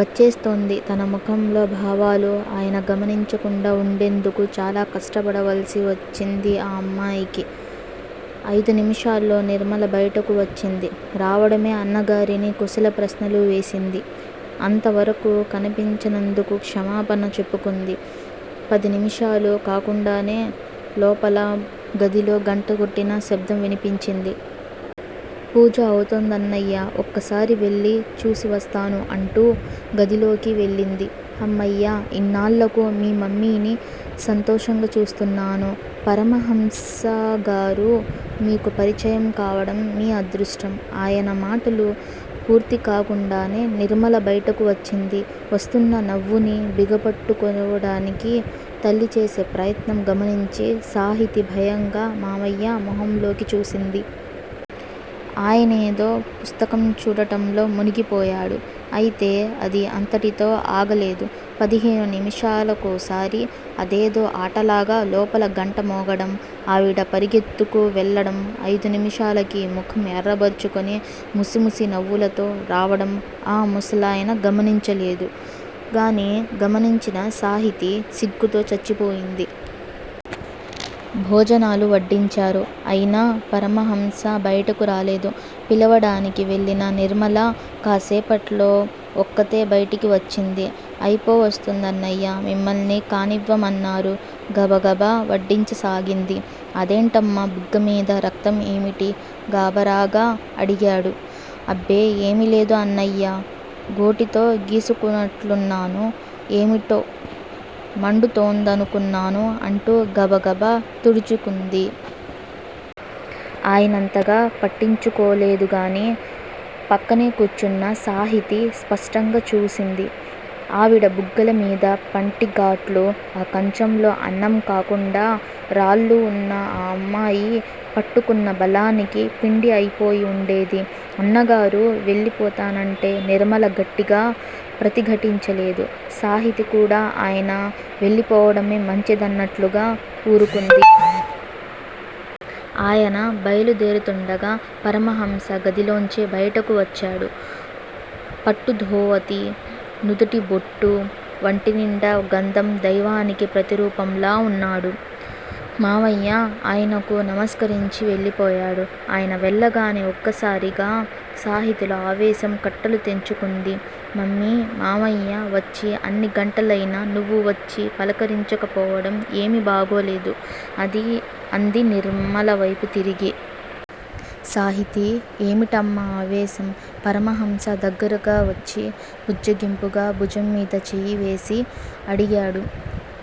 వచ్చేస్తోంది తన ముఖంలో భావాలు ఆయన గమనించకుండా ఉండేందుకు చాలా కష్టపడవలసి వచ్చింది ఆ అమ్మాయికి. అయిదు నిమిషాల్లో నిర్మల బయటకు వచ్చింది. రావడమే అన్నగారిని కుశల ప్రశ్నలు వేసింది. అంత వరకూ కనిపించనందుకు క్షమాపణ చెప్పుకుంది. పది నిముషాలు కాకుండానే లోపల గదిలో గంట కొట్టిన శబ్దం వినిపించింది. పూజ అవుతోందన్నయ్యా ఒక్కసారి వెళ్ళి చూసి వస్తాను అంటూ గదిలోకి వెళ్ళింది. హమ్మయ్యా! ఇన్నాళ్ళకు మీ మమ్మీని సంతోషంగా చూస్తున్నాను. పరమహంసగారు మీకు పరిచయం కావడం మీ అదృష్టం ఆయన మాటలు పూర్తిగాకుండానే నిర్మల బైటకు వచ్చింది. వస్తున్న నవ్వుని బిగపట్టుకోవడానికి తల్లిచేసే ప్రయత్నం గమనించి, సాహితి భయంగా మావయ్య మొహంలోకి చూసింది. ఆయనేదో పుస్తకం చూడటంలో మునిగిపోయాడు. అయితే అది అంతటితో ఆగలేదు. పదిహేను నిమిషాలకోసారి అదేదో ఆటలాగా లోపల గంట మోగడం ఆవిడ పరుగెత్తుకు వెళ్ళడం అయిదు నిమిషాలకి ముఖం ఎర్రబరుచుకొని ముసిముసి నవ్వులతో రావడం ఆ ముసలయన గమనించలేదు గాని, గమనించిన సాహితి సిగ్గుతో చచ్చిపోయింది. భోజనాలు వడ్డించారు. అయినా పరమహంస బయటకు రాలేదు. పిలవడానికి వెళ్ళిన నిర్మల కాస్సేపట్లో ఒక్కతే బయటికి వచ్చింది. అయిపోవస్తుందన్నయ్యా! మిమ్మల్ని కానివ్వమన్నారు గబగబా వడ్డించసాగింది. అదేంటమ్మా బుగ్గమీద రక్తం ఏమిటీ? గాబరాగా అడిగాడు. అబ్బే, ఏమీ లేదు అన్నయ్యా! గోటితో గీసుకునట్లున్నాను. ఏమిటో మండుతోందనుకున్నాను అంటూ గబగబా తుడుచుకుంది. ఆయనంతగా పట్టించుకోలేదు గాని, పక్కనే కూర్చున్న సాహితి స్పష్టంగా చూసింది ఆవిడ బుగ్గల మీద పంటిగాట్లు! ఆ కంచంలో అన్నం కాకుండా, రాళ్ళు వున్నా ఆ అమ్మాయి పట్టుకున్న బలానికి పిండి అయిపోయి వుండేది. అన్నగారు వెళ్ళిపోతానంటే నిర్మల గట్టిగా ప్రతిఘటించలేదు. సాహితి కూడా ఆయన వెళ్ళిపోవడమే మంచిదన్నట్లుగా వూరుకుంది. ఆయన బయలు దేరుతుండగా పరమహంస గదిలోంచి బయటకు వచ్చాడు. పట్టు ధోవతి, నుదుటి బొట్టూ, వంటినిండా గంధం దైవానికి ప్రతిరూపంలా వున్నాడు. మావయ్య ఆయనకు నమస్కరించి వెళ్ళిపోయాడు. ఆయన వెళ్ళగానే ఒక్కసారిగా సాహితిలో ఆవేశం కట్టలు తెంచుకుంది. మమ్మీ! మావయ్య వచ్చి అన్ని గంటలైనా నువ్వు వచ్చి పలకరించకపోవడం ఏమీ బాగోలేదు అంది నిర్మలవైపు తిరిగి. సాహితీ! ఏమిటమ్మా ఆవేశం? పరమహంస దగ్గరగా వచ్చి బుజ్జగింపుగా భుజంమీద చెయ్యివేసి అడిగాడు.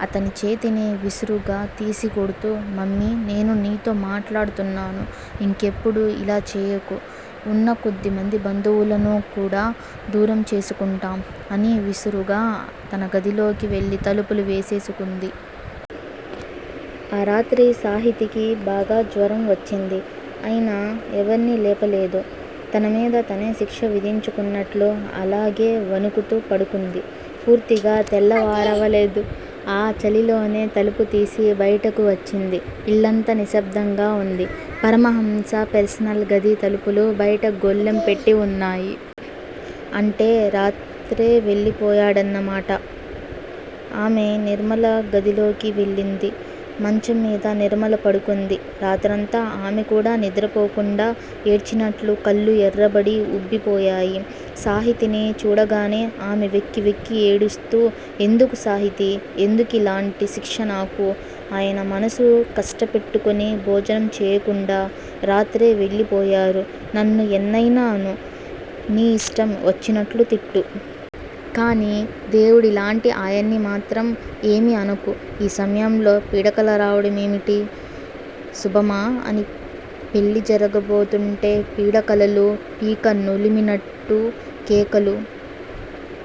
అతని చేతిని విసురుగా తీసికొడ్తూ మమ్మీ నేను నీతో మాట్లాడుతున్నాను ఇంకెప్పుడూ ఇలా చేయకు. ఉన్న కొద్దిమంది బంధువులను కూడా దూరం చేసుకుంటాం అని విసురుగా తన గదిలోకి వెళ్ళి తలుపులు వేసేసుకుంది. ఆ రాత్రి సాహితికి బాగా జ్వరం వచ్చింది. అయినా ఎవర్నీ లేపలేదు. తనమీద తనే శిక్ష విధించుకున్నట్లు అలాగే వణుకుతూ పడుకుంది. పూర్తిగా తెల్లవారలేదు. ఆ చలిలోనే తలుపు తీసి బయటకు వచ్చింది. ఇల్లంతా నిశ్శబ్దంగా వుంది. పరమహంస పెర్సనల్ గది తలుపులు బయట గొళ్ళెం పెట్టి వున్నాయి. అంటే రాత్రే వెళ్ళిపోయాడన్నమాట. ఆమె నిర్మల గదిలోకి వెళ్ళింది. మంచం మీద నిర్మల పడుకుంది. రాత్రంతా ఆమెకూడా నిద్రపోకుండా ఏడ్చినట్లు కళ్ళు ఎర్రబడి వుబ్బి పోయాయి. సాహితిని చూడగానే ఆమె వెక్కి వెక్కి ఏడుస్తూ ఎందుకు సాహితీ! ఎందుకిలాంటి శిక్ష నాకు? ఆయన మనసు కష్టపెట్టుకొని భోజనం చెయ్యకుండా రాత్రే వెళ్ళిపోయారు నన్ను ఎన్నయినా అను నీ ఇష్టం వచ్చినట్లు తిట్టు. కానీ దేవుడిలాంటి ఆయన్ని మాత్రం ఏమీ అనకు. ఈ సమయంలో పీడకల రావడం ఏమిటి? శుభమా అని పెళ్ళి జరగబోతుంటే పీడకలలూ, పీక నులిమినట్టు కేకలూ-